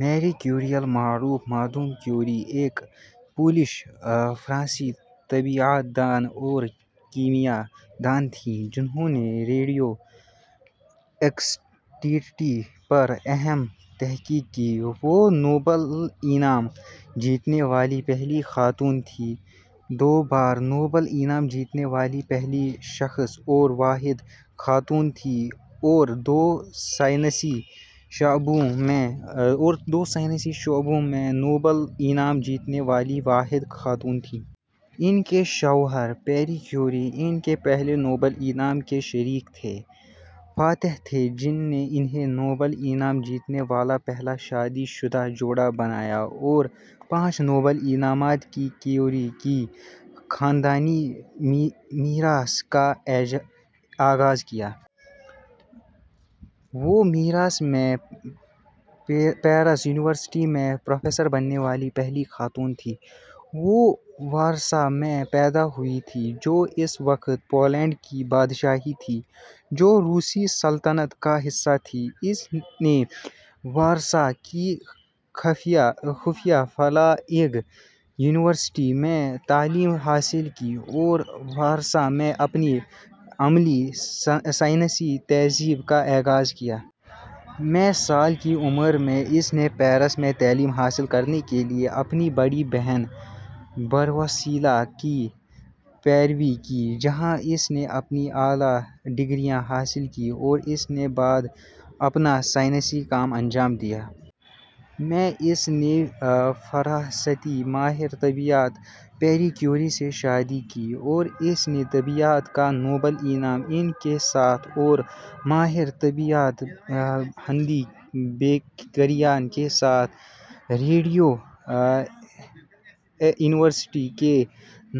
میری کیوری المعروف Madame Curie ایک پولش-فرانسیسی طبیعیات دان اور کیمیا دان تھیں جنھوں نے ریڈیو ایکٹیویٹی پر اہم تحقیق کی۔ وہ نوبل انعام جیتنے والی پہلی خاتون تھیں، دو بار نوبل انعام جیتنے والی پہلی شخص اور واحد خاتون تھیں اور دو سائنسی شعبوں میں نوبل انعام جیتنے والی واحد خاتون تھیں۔ اس کے شوہر، پیئر کیوری، ان کے پہلے نوبل انعام کے شریک فاتح تھے، جس نے انھیں نوبل انعام جیتنے والا پہلا شادی شدہ جوڑا بنایا اور پانچ نوبل انعامات کی کیوری کی خاندانی میراث کا آغاز کیا۔ وہ ء میں پیرس یونیورسٹی میں پروفیسر بننے والی پہلی خاتون تھیں۔ وہ وارسا میں پیدا ہوئی تھی، جو اس وقت پولینڈ کی بادشاہی تھی، جو روسی سلطنت کا حصہ تھی۔ اس نے وارسا کی خفیہ فلائنگ یونیورسٹی میں تعلیم حاصل کی اور وارسا میں اپنی عملی سائنسی تربیت کا آغاز کیا۔ ء میں، سال کی عمر میں، اس نے پیرس میں تعلیم حاصل کرنے کے لیے اپنی بڑی بہن برونیسلاوا کی پیروی کی، جہاں اس نے اپنی اعلیٰ ڈگریاں حاصل کیں اور اس کے بعد اپنا سائنسی کام انجام دیا۔ ء میں اس نے فرانسیسی ماہر طبیعیات پیئر کیوری سے شادی کی اور اس نے طبیعیات کا ء کا نوبل انعام ان کے ساتھ اور ماہر طبیعیات ہنری بیکریل کے ساتھ "ریڈیو ایکٹیویٹی" کے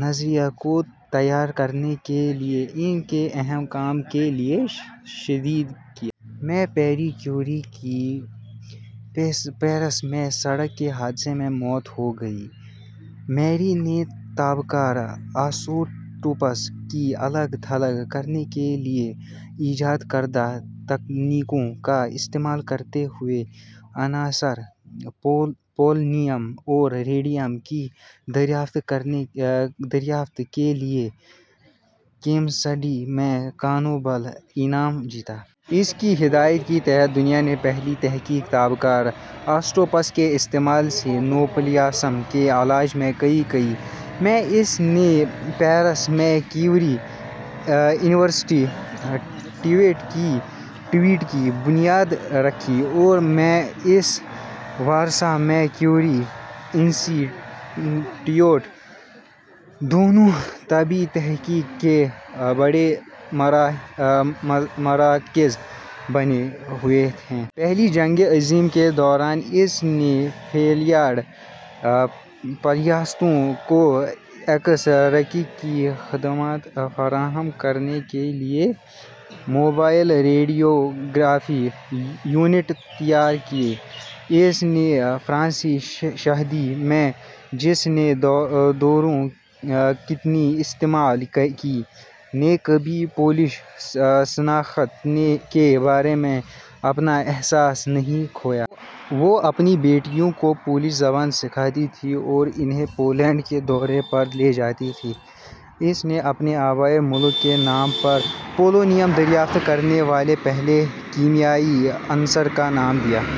نظریہ کو تیار کرنے کے لیے ان کے اہم کام کے لیے شیئر کیا۔ ء میں پیر کیوری کی پیرس میں سڑک کے حادثے میں موت ہو گئی۔ میری نے تابکار آسوٹوپس کو الگ تھلگ کرنے کے لیے ایجاد کردہ تکنیکوں کا استعمال کرتے ہوئے عناصر پولونیم اور ریڈیم کی دریافت کے لیے کیمسٹری میں ء کا نوبل انعام جیتا۔ اس کی ہدایت کے تحت، دنیا کی پہلی تحقیق تابکار آسوٹوپس کے استعمال سے نوپلاسم کے علاج میں کی گئی۔ ء میں اس نے پیرس میں کیوری انسٹی ٹیوٹ کی بنیاد رکھی اور ء میں وارسا میں کیوری انسٹی ٹیوٹ؛ دونوں طبی تحقیق کے بڑے مراکز بنے ہوئے ہیں۔ پہلی جنگ عظیم کے دوران اس نے فیلڈ ہسپتالوں کو ایکس رے کی خدمات فراہم کرنے کے لیے موبائل ریڈیوگرافی یونٹ تیار کیے۔ ایک فرانسیسی شہری، میری جس نے دونوں کنیتیں استعمال کیں، نے کبھی پولش شناخت کے بارے میں اپنا احساس نہیں کھویا۔ وہ اپنی بیٹیوں کو پولش زبان سکھاتی تھی اور انھیں پولینڈ کے دورے پر لے جاتی تھی۔ اس نے اپنے آبائی ملک کے نام پر پولونیم دریافت کرنے والے پہلے کیمیائی عنصر کا نام دیا۔